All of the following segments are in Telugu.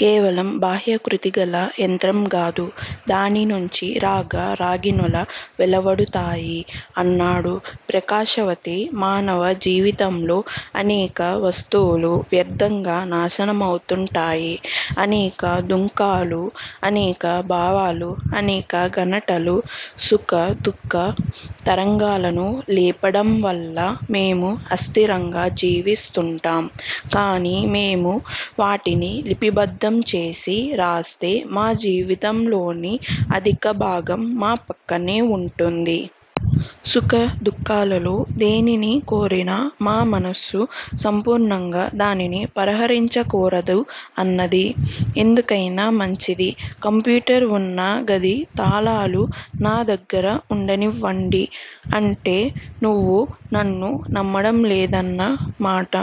కేవలం బాహ్యాకృతిగల యంత్రం గాదు. దాని నుంచి రాగ రాగిణుల వెలువడతాయి అన్నాడు. ప్రకాశవతి, మానవ జీవితంలో అనేక వస్తువులు వ్యర్దంగా నాశనమవుతుంటాయి. అనేక దుంఖాలు, అనేక భావాలు, అనేక ఘనటలు; సుఖ దుఃఖ తరంగాలను లేపడంవల్ల మేము అస్తిరంగా జీవిస్తుంటాం. కాని మేము వాటిని లిపిబద్దం చేసి రాస్తే మా జీవితంలోని అధిక భాగం మా పక్కనే వుంటుంది. సుఖ దుఃఖాలలో దేనిని కోరినా మా మనస్సు సంపూర్ణంగా దానిని పరహరించకోరదు అన్నది. ఎందుకైనా మంచిది. కంప్యూటర్ వున్న గది తాళాలు నా దగ్గర ఉండనివ్వండి. అంటే నువ్వు నన్ను నమ్మడంలేదన్న మాట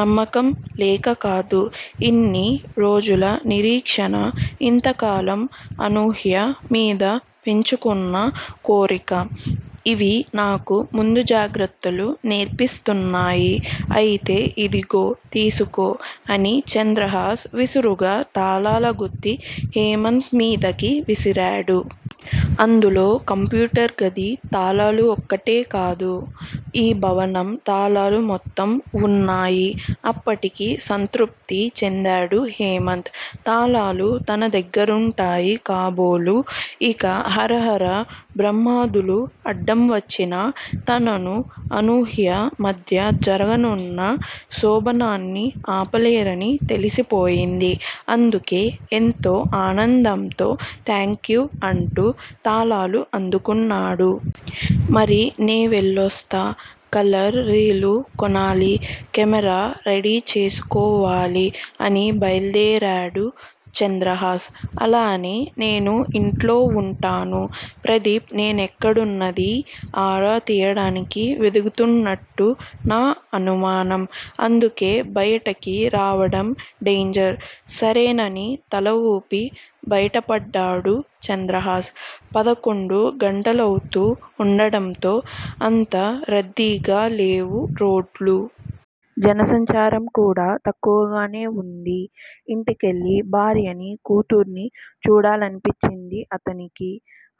నమ్మకం లేకకాదు. ఇన్ని రోజుల నిరీక్షణ- ఇంతకాలం అనూహ్య మీద పెంచుకున్న కోరిక- ఇవి నాకు ముందు జాగ్రత్తలు నేర్పిస్తున్నాయి అయితే ఇదిగో తీసుకో అని చంద్రహాస్ విసురుగా తాళాలగుత్తి హేమంత్ మీదకి విసిరాడు. అందులో కంప్యూటర్ గది తాళాలు ఒక్కటే కాదు. ఈ భవనం తాళాలు మొత్తం వున్నాయి. అప్పటికి సంతృప్తి చెందాడు హేమంత్. తాళాలు తన దగ్గరుంటాయి కాబోలు ఇక హరహర బ్రహ్మాదులు అడ్డం వచ్చినా తననూ, అనూహ్య మధ్య జరగనున్న శోభనాన్ని ఆపలేరని తెలిసిపోయింది. అందుకే ఎంతో ఆనందంతో థాంక్యూ అంటూ తాళాలు అందుకున్నాడు. మరి నే వెళ్ళొస్తా- కలర్ రీలు కొనాలి. కెమెరా రెడీ చేసుకోవాలి అని బయల్దేరాడు చంద్రహాస్. అలానే, నేను ఇంట్లో వుంటాను. ప్రదీప్ నేనేక్కడున్నదీ ఆరా తీయడానికి వెదుకుతున్నట్టు నా అనుమానం. అందుకే బయటికి రావడం డేంజర్. సరేనని తలవూపి బయటపడ్డాడు చంద్రహాస్. పదకొండు గంటలవుతూ వుండడంతో అంత రద్దీగా లేవు రోడ్లు. జనసంచారం కూడా తక్కువగానే వుంది. ఇంటికెళ్ళి భార్యనీ, కూతుర్నీ చూడాలనిపించింది అతనికి.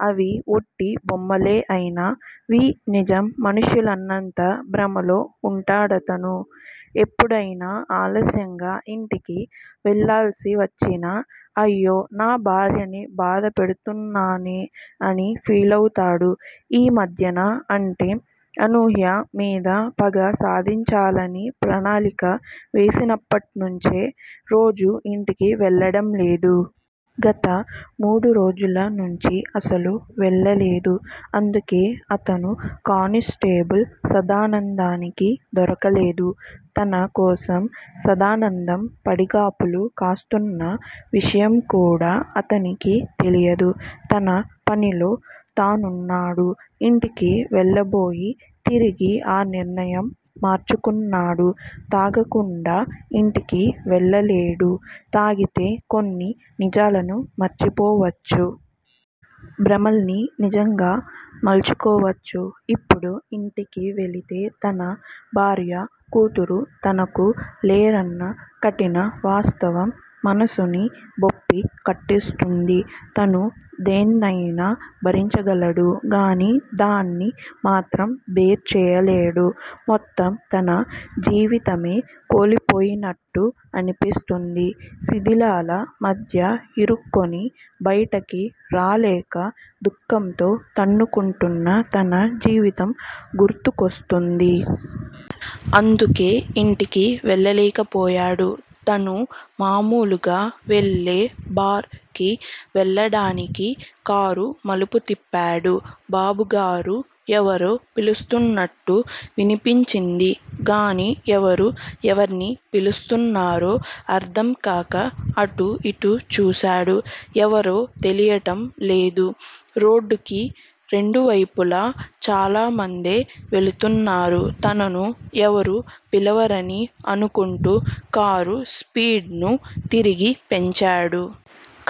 అవి ఒట్టి బొమ్మలే అయినా వి నిజం మనుష్యులన్నంత భ్రమలో వుంటాడతను. ఎప్పుడయినా ఆలస్యంగా ఇంటికి వెళ్ళాల్సి వచ్చినా 'అయ్యో నా భార్యని బాధపెడుతున్నానే' అని ఫీలవుతాడు. ఈ మధ్యన- అంటే అనూహ్య మీద పగ సాధించాలని ప్రణాళిక వేసినప్పట్నుంచే రోజూ ఇంటికి వెళ్ళడం లేదు. గత మూడురోజుల నుంచి అసలు వెళ్ళలేదు. అందుకే అతను కానిస్టేబుల్ సదానందానికి దొరకలేదు. తన కోసం సదానందం పడిగాపులు కాస్తున్న విషయం కూడా అతనికి తెలియదు. తన పనిలో తానున్నాడు. ఇంటికి వెళ్ళబోయి తిరిగి ఆ నిర్ణయం మార్చుకున్నాడు. తాగకుండా ఇంటికి వెళ్ళలేడు. తాగితే కొన్ని నిజాలను మరిచిపోవచ్చు. భ్రమల్ని నిజంగా మలుచుకోవచ్చు. ఇప్పుడు ఇంటికి వెళితే తన భార్యా, కూతురు తనకు లేరన్న కఠిన వాస్తవం మనసుని బొప్పి కట్టిస్తుంది. తను దేన్నయినా భరించగలడు గానీ దాన్ని మాత్రం బేర్ చేయలేడు. మొత్తం తన జీవితమే కూలిపోయినట్టు అనిపిస్తుంది. శిధిలాల మధ్య ఇరుక్కొని బయటికి రాలేక దుఃఖంతో తన్నుకుంటున్న తన జీవితం గుర్తుకొస్తుంది. అందుకే ఇంటికి వెళ్ళలేకపోయాడు. తను మామూలుగా వెళ్ళే బార్ కి వెళ్ళడానికి కారు మలుపు తిప్పాడు. బాబుగారూ ఎవరో పిలుస్తున్నట్టు వినిపించింది గానీ ఎవరు ఎవర్ని పిలుస్తున్నారో అర్థంకాక అటూ ఇటూ చూశాడు. ఎవరో తెలియటం లేదు. రోడ్డుకి రెండువైపులా చాలామందే వెళుతున్నారు. తనను ఎవరూ పిలవరని అనుకుంటూ కారు స్పీడ్ ను తిరిగి పెంచాడు.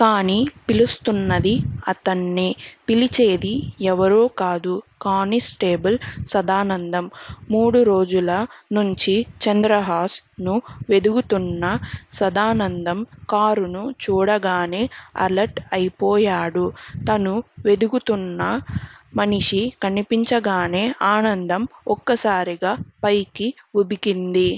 కానీ పిలుస్తున్న్దది అతన్నే. పిలిచేది ఎవరో కాదు- కానిస్టేబుల్ సదానందం. మూడురోజుల నుంచి చంద్రహాస్ ను వెదుకుతున్న సదానందం కారును చూడగానే అలర్ట్ అయిపోయాడు. తను వెదుకుతున్న మనిషి కనిపించగానే ఆనందం ఒక్కసారిగా పైకి ఉబికింది.